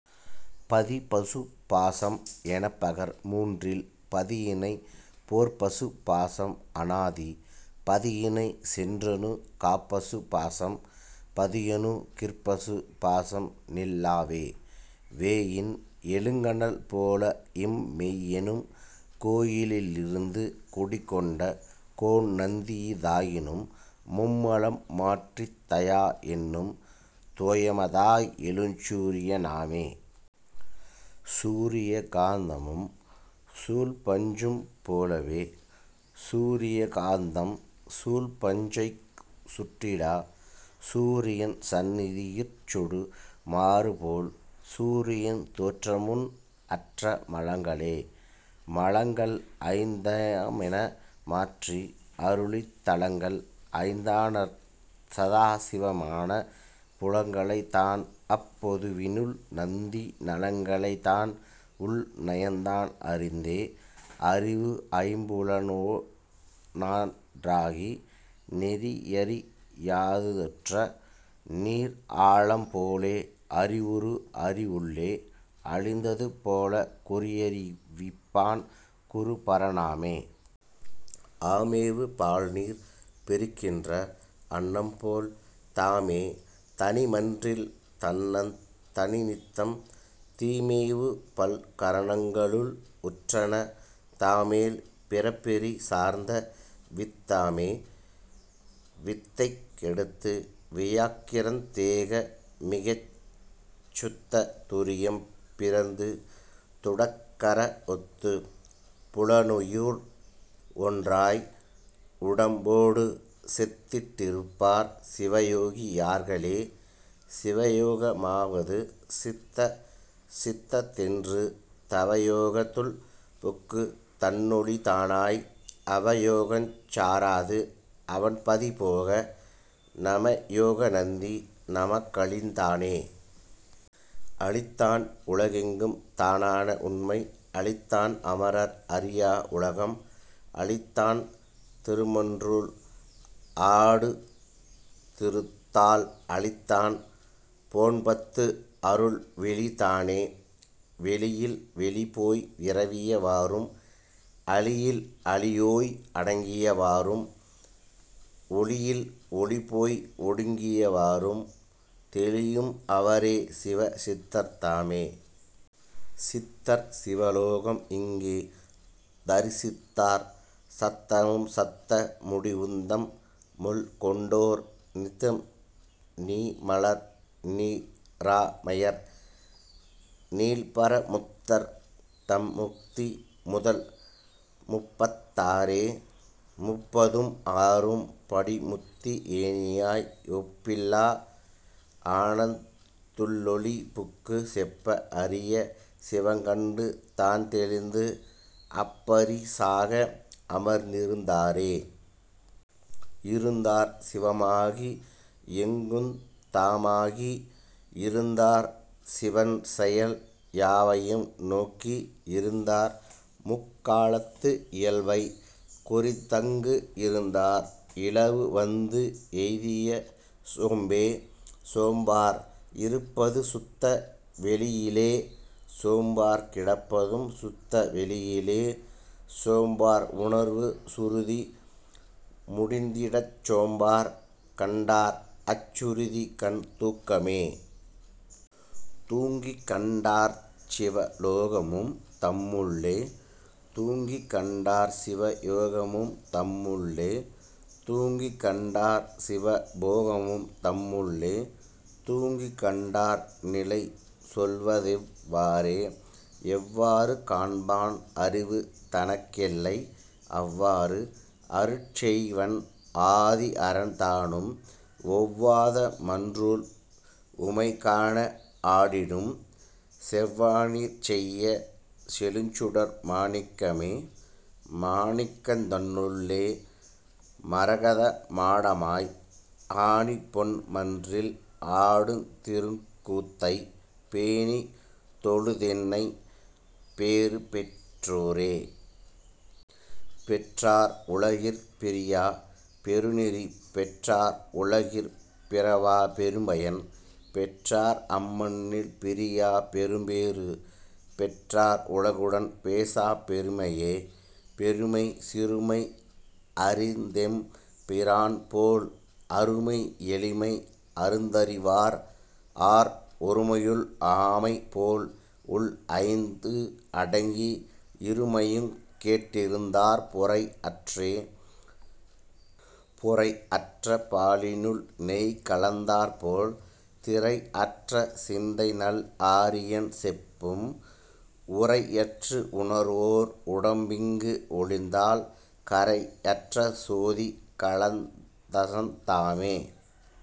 பதிபசு பாசம் எனப்பகர் மூன்றில் பதியினைப் போற்பசு பாசம் அனாதி பதியினைச் சென்றணு காப்பசு பாசம் பதியணு கிற்பசு பாசம் நில் லாவே. வேயின் எழுங்கனல் போலேஇம் மெய்யெனும் கோயி லிருந்து குடிகொண்ட கோன்நந்தி தாயினும் மும்மலம் மாற்றித் தயாஎன்னும் தோயம தாய் எழுஞ் சூரிய னாமே. சூரிய காந்தமும் சூழ்பஞ்சும் போலவே சூரிய காந்தம் சூழ்பஞ்சைச் சுட்டிடா சூரியன் சந்நிதி யிற்சுடு மாறுபோல் சூரியன் தோற்றமுன் அற்ற மலங்களே. மலங்கள்ஐந் தாமென மாற்றி அருளித் தலங்கள்ஐந் தானற் சதாசிவ மான புலங்களைந் தான்அப் பொதுவினுள் நந்தி நலங்களைந் தான்உள் நயந்தான் அறிந்தே. அறிவுஐம் புலனுட னேநான் றதாகி நெறியறி யாதுற்ற நீர்ஆழம் போல அறிவுஅறி வுள்ளே அழிந்தது போலக் குறியறி விப்பான் குருபர னாமே. ஆமேவு பால்நீர் பிரிக்கின்ற அன்னம்போல் தாமே தனிமன்றில் தன்னந் தனிநித்தம் தீமேவு பல்கர ணங்களுள் உற்றன தாமேழ் பிறப்பெரி சார்ந்தவித் தாமே. வித்தைக் கெடுத்து வியாக்கிரத் தேமிகச் சுத்தத் துரியம் பிறந்து துடக்கற ஒத்துப் புலனுயிர் ஒன்றாய் உடம்பொடு செத்திட் டிருப்பார் சிவயோகி யார்களே. சிவயோக மாவது சித்தசித் தென்று தவயோகத் துள்புக்குத் தன்னொளி தானாய் அவயோகஞ் சாராது அவன்பதி போக நவயோக நந்தி நமக்களித் தானே. அளித்தான் உலகெங்கும் தானான உண்மை அளித்தான் அமரர் அறியா உலகம் அளித்தான் திருமன்றுள் ஆடுந் திருத்தாள் அளித்தான் போன்பத்து அருள்வெளி தானே. வெளியில் வெளிபோய் விரவிய வாறும் அளியில் அளிபோய் அடங்கிய வாறும் ஒளியில் ஒளிபோய் ஒடுங்கிய வாறும் தெளியும் அவரே சிவ சித்தர் தாமே. சித்தர் சிவலோகம் இங்கே தரிசித்தோர் சத்தமும் சத்த முடிவுந்தம் முள்கொண்டோ ர் நித்தர் நிமலர் நிராமயர் நீள்பர முத்தர்தம் முத்தி முதல்முப்பத் தாறே. முப்பதும் ஆறும் படிமுத்தி ஏணியாய் ஒப்பிலா ஆனந்தத் துள்ளொளி புக்குச் செப்ப அரிய சிவங்கண்டு தான்தெளிந்து அப்பரி சாக அமர்ந்திருந் தாரே. இருந்தார் சிவமாகி எங்குந் தாமாகி இருந்தார் சிவன்செயல் யாவையும் நோக்கி இருந்தார் முக்காலத்து இயல்பைக் குறித்தங்கு இருந்தார் இழவுவந்து எய்திய சோம்பே. சோம்பர் இருப்பது சுத்த வெளியிலே சோம்பர் கிடப்பதும் சுத்த வெளியிலே சோம்பர் உணர்வு சுருதி முடிந்திடஞ் சோம்பர் கண் டார்அச் சுருதிக்கண் தூக்கமே. தூங்கிக்கண் டார்சிவ லோகமும் தம்முள்ளே தூங்கிக்கண் டார்சிவ யோகமும் தம்முள்ளே தூங்கிக்கண் டார்சிவ போகமும் தம்முள்ளே தூங்கிக்கண் டார்நிலை சொல்வதெவ் வாறே. எவ்வாறு காண்பான் அறிவு தனக்கெல்லை அவ்வாறு அருட்செய்வன் ஆதிஅரன் தானும் ஒவ்வாத மன்றுள் உமைகாண ஆடிடும் செவ்வானிற் செய்ய செழுஞ்சுடர் மாணிக்கமே. மாணிக்கத் துள்ளே மரகதச் சோதியாய் மாணிக்கத் துள்ளே மரகத மாடமாய் ஆணிப்பொன் மன்றில் ஆடுந் திருக்கூத்தைப் பேணித் தொழுதென்ன பேறுபெற் றாரே. பெற்றார் உலகிற் பிரியாப் பெருநெறி பெற்றார் உலகிற் பிறவாப் பெரும்பயன் பெற்றார் அம்மன்றில் பிரியாப் பெரும்பேறு பெற்றார் உலகுடன் பேசாப் பெருமையே. பெருமை சிறுமை அறிந்தெம் பிரான்போல் அருமை எளிமை அறிந்தறி வார்ஆர் ஒருமையுள் ஆமைபோல் உள்ஐந்து அடக்கி இருமையுங் கேட்டிருந் தார்புரை அற்றே. புரைஅற்ற பாலினுள் நெய்கலந் தாற்போல் திரைஅற்ற சிந்தைநல் ஆரியன் செப்பும் உரையற்று உணர்வோர் உடம்பிங்கு ஒழிந்தால் கரையற்ற சோதி கலந்தசத் தாமே.